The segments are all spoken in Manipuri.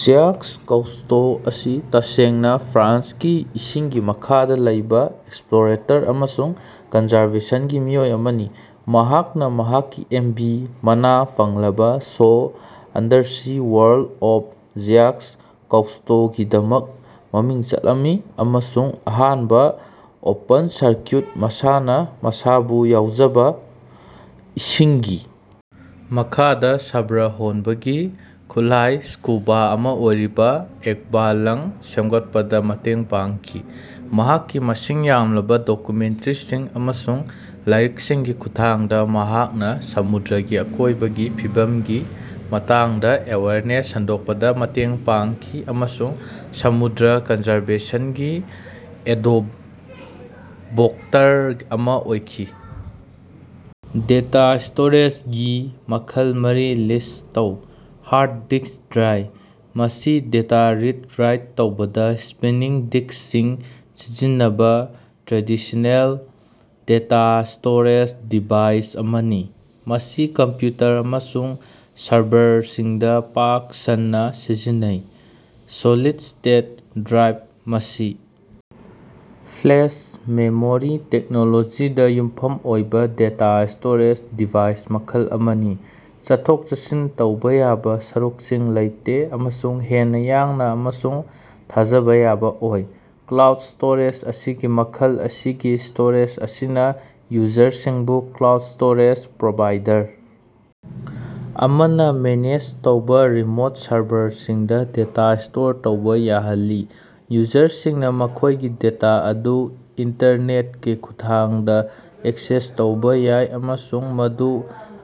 ꯖ꯭ꯌꯥꯛꯁ ꯀꯧꯁ꯭ꯇꯣ ꯑꯁꯤ ꯇꯁꯦꯡꯅꯥ ꯐ꯭ꯔꯥꯟꯁꯀꯤ ꯏꯁꯤꯡꯒꯤ ꯃꯈꯥꯗꯥ ꯂꯩꯕꯥ ꯑꯦꯛꯁꯄ꯭ꯂꯣꯔꯦꯇꯔ ꯑꯃꯁꯨꯡ ꯀꯟꯖꯔꯕꯦꯁꯟꯒꯤ ꯃꯤꯑꯣꯏ ꯑꯃꯅꯤ꯫ ꯃꯍꯥꯛꯅꯥ ꯃꯍꯥꯛꯀꯤ ꯑꯦꯝꯕꯤ ꯃꯅꯥ ꯐꯪꯂꯕ show, Undersea World of Jacques ꯀꯧꯁ꯭ꯇꯣꯒꯤꯗꯃꯛ ꯃꯃꯤꯡ ꯆꯠꯂꯝꯃꯤ ꯑꯃꯁꯨꯡ ꯑꯍꯥꯟꯕ ꯑꯣꯄꯟ-ꯁꯔꯀ꯭ꯌꯨꯠ, ꯃꯁꯥꯅ ꯃꯁꯥꯕꯨ ꯌꯥꯎꯖꯕ ꯏꯁꯤꯡꯒꯤ ꯃꯈꯥꯗꯥ ꯁ꯭ꯕꯔ ꯍꯣꯟꯕꯒꯤ ꯈꯨꯠꯂꯥꯏ (ꯁ꯭ꯀꯨꯕꯥ) ꯑꯃꯥ ꯑꯣꯏꯔꯤꯕ ꯑꯦꯛꯕꯥ-ꯂꯪ ꯁꯦꯝꯒꯠꯄꯗ ꯃꯇꯦꯡ ꯄꯥꯡꯈꯤ꯫ ꯃꯍꯥꯛꯀꯤ ꯃꯁꯤꯡ ꯌꯥꯝꯂꯕ ꯗꯣꯀꯨꯃꯦꯟꯇꯔꯤꯁꯤꯡ ꯑꯃꯁꯨꯡ ꯂꯥꯏꯔꯤꯛꯁꯤꯡꯒꯤ ꯈꯨꯠꯊꯥꯡꯗ ꯃꯍꯥꯛꯅ ꯁꯃꯨꯗ꯭ꯔꯒꯤ ꯑꯀꯣꯏꯕꯒꯤ ꯐꯤꯕꯝꯒꯤ ꯃꯇꯥꯡꯗ ꯑꯦꯋꯦꯌꯔꯅꯦꯁ ꯁꯟꯗꯣꯛꯄꯗ ꯃꯇꯦꯡ ꯄꯥꯡꯈꯤ ꯑꯃꯁꯨꯡ ꯁꯃꯨꯗ꯭ꯔ ꯀꯟꯖꯔꯕꯦꯁꯟꯒꯤ ꯑꯦꯗꯣꯕꯣꯛꯇꯔ ꯑꯃ ꯑꯣꯏꯈꯤ꯫ ꯗꯦꯇꯥ ꯁ꯭ꯇꯣꯔꯦꯖꯒꯤ ꯃꯈꯜ ꯃꯔꯤ ꯂꯤꯁ꯭ꯠ ꯇꯧ꯫ ꯍꯥꯔꯗ ꯗꯤꯁ꯭ꯛ ꯗ꯭ꯔꯥꯏ: ꯃꯁꯤ ꯗꯦꯇꯥ ꯔꯤꯗ ꯔꯥꯏꯠ ꯇꯧꯕꯗ ꯁ꯭ꯄꯤꯅꯤꯡ ꯗꯤꯁ꯭ꯛꯁꯤꯡ ꯁꯤꯖꯤꯟꯅꯕ ꯇ꯭ꯔꯦꯗꯤꯁꯅꯦꯜ ꯗꯦꯇꯥ ꯁ꯭ꯇꯣꯔꯦꯖ ꯗꯤꯚꯥꯏꯁ ꯑꯃꯅꯤ꯫ ꯃꯁꯤ ꯀꯝꯄ꯭ꯌꯨꯇꯔ ꯑꯃꯁꯨꯡ ꯁꯔꯚꯔꯁꯤꯡꯗ ꯄꯥꯛ ꯁꯟꯅ ꯁꯤꯖꯤꯟꯅꯩ꯫ ꯁꯣꯂꯤꯗ ꯁ꯭ꯇꯦꯠ ꯗ꯭ꯔꯥꯏꯚ ꯃꯁꯤ ꯐ꯭ꯂꯦꯁ ꯃꯦꯃꯣꯔꯤ ꯇꯦꯛꯅꯣꯂꯣꯖꯤꯗ ꯌꯨꯝꯐꯝ ꯑꯣꯏꯕ ꯗꯦꯇꯥ ꯁ꯭ꯇꯣꯔꯦꯖ ꯗꯤꯚꯥꯏꯁ ꯃꯈꯜ ꯑꯃꯅꯤ꯫ ꯆꯠꯊꯣꯛ-ꯆꯠꯁꯤꯟ ꯇꯧꯕ ꯌꯥꯕ ꯁꯔꯨꯛꯁꯤꯡ ꯂꯩꯇꯦ ꯑꯃꯁꯨꯡ ꯍꯦꯟꯅ ꯌꯥꯡꯅ ꯑꯃꯁꯨꯡ ꯊꯥꯖꯕ ꯌꯥꯕ ꯑꯣꯏ꯫ ꯀ꯭ꯂꯥꯎꯗ ꯁ꯭ꯇꯣꯔꯦꯖ ꯃꯁꯤꯒꯤ ꯃꯈꯜ ꯑꯁꯤꯒꯤ ꯁ꯭ꯇꯣꯔꯦꯖ ꯑꯁꯤꯅ ꯌꯨꯖꯔꯁꯤꯡꯕꯨ ꯀ꯭ꯂꯥꯎꯗ ꯁ꯭ꯇꯣꯔꯦꯖ ꯄ꯭ꯔꯣꯚꯥꯏꯗꯔ ꯑꯃꯅ ꯃꯦꯅꯦꯖ ꯇꯧꯕ ꯔꯤꯃꯣꯠ ꯁꯔꯚꯔꯁꯤꯡꯗ ꯗꯦꯇꯥ ꯁ꯭ꯇꯣꯔ ꯇꯧꯕ ꯌꯥꯍꯜꯂꯤ꯫ ꯌꯨꯖꯔꯁꯤꯡꯅ ꯃꯈꯣꯏꯒꯤ ꯗꯦꯇꯥ ꯑꯗꯨ ꯏꯟꯇꯔꯅꯦꯠꯀꯤ ꯈꯨꯠꯊꯥꯡꯗ ꯑꯦꯛꯁꯦꯁ ꯇꯧꯕ ꯌꯥꯏ ꯑꯃꯁꯨꯡ ꯃꯗꯨ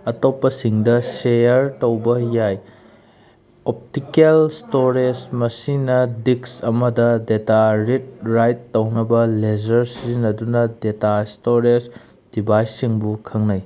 ꯑꯇꯣꯞꯄꯁꯤꯡꯗ ꯁꯦꯌꯔ ꯇꯧꯕ ꯌꯥꯏ꯫ ꯑꯣꯞꯇꯤꯀꯦꯜ ꯁ꯭ꯇꯣꯔꯦꯖ ꯃꯁꯤꯅ ꯗꯤꯁ꯭ꯛ ꯑꯃꯗ ꯗꯦꯇꯥ ꯔꯤꯗ ꯔꯥꯏꯠ ꯇꯧꯅꯕ ꯂꯦꯖꯔ ꯁꯤꯖꯤꯟꯅꯗꯨꯅ ꯗꯦꯇꯥ ꯁ꯭ꯇꯣꯔꯦꯖ ꯗꯤꯚꯥꯏꯁꯁꯤꯡꯕꯨ ꯈꯪꯅꯩ꯫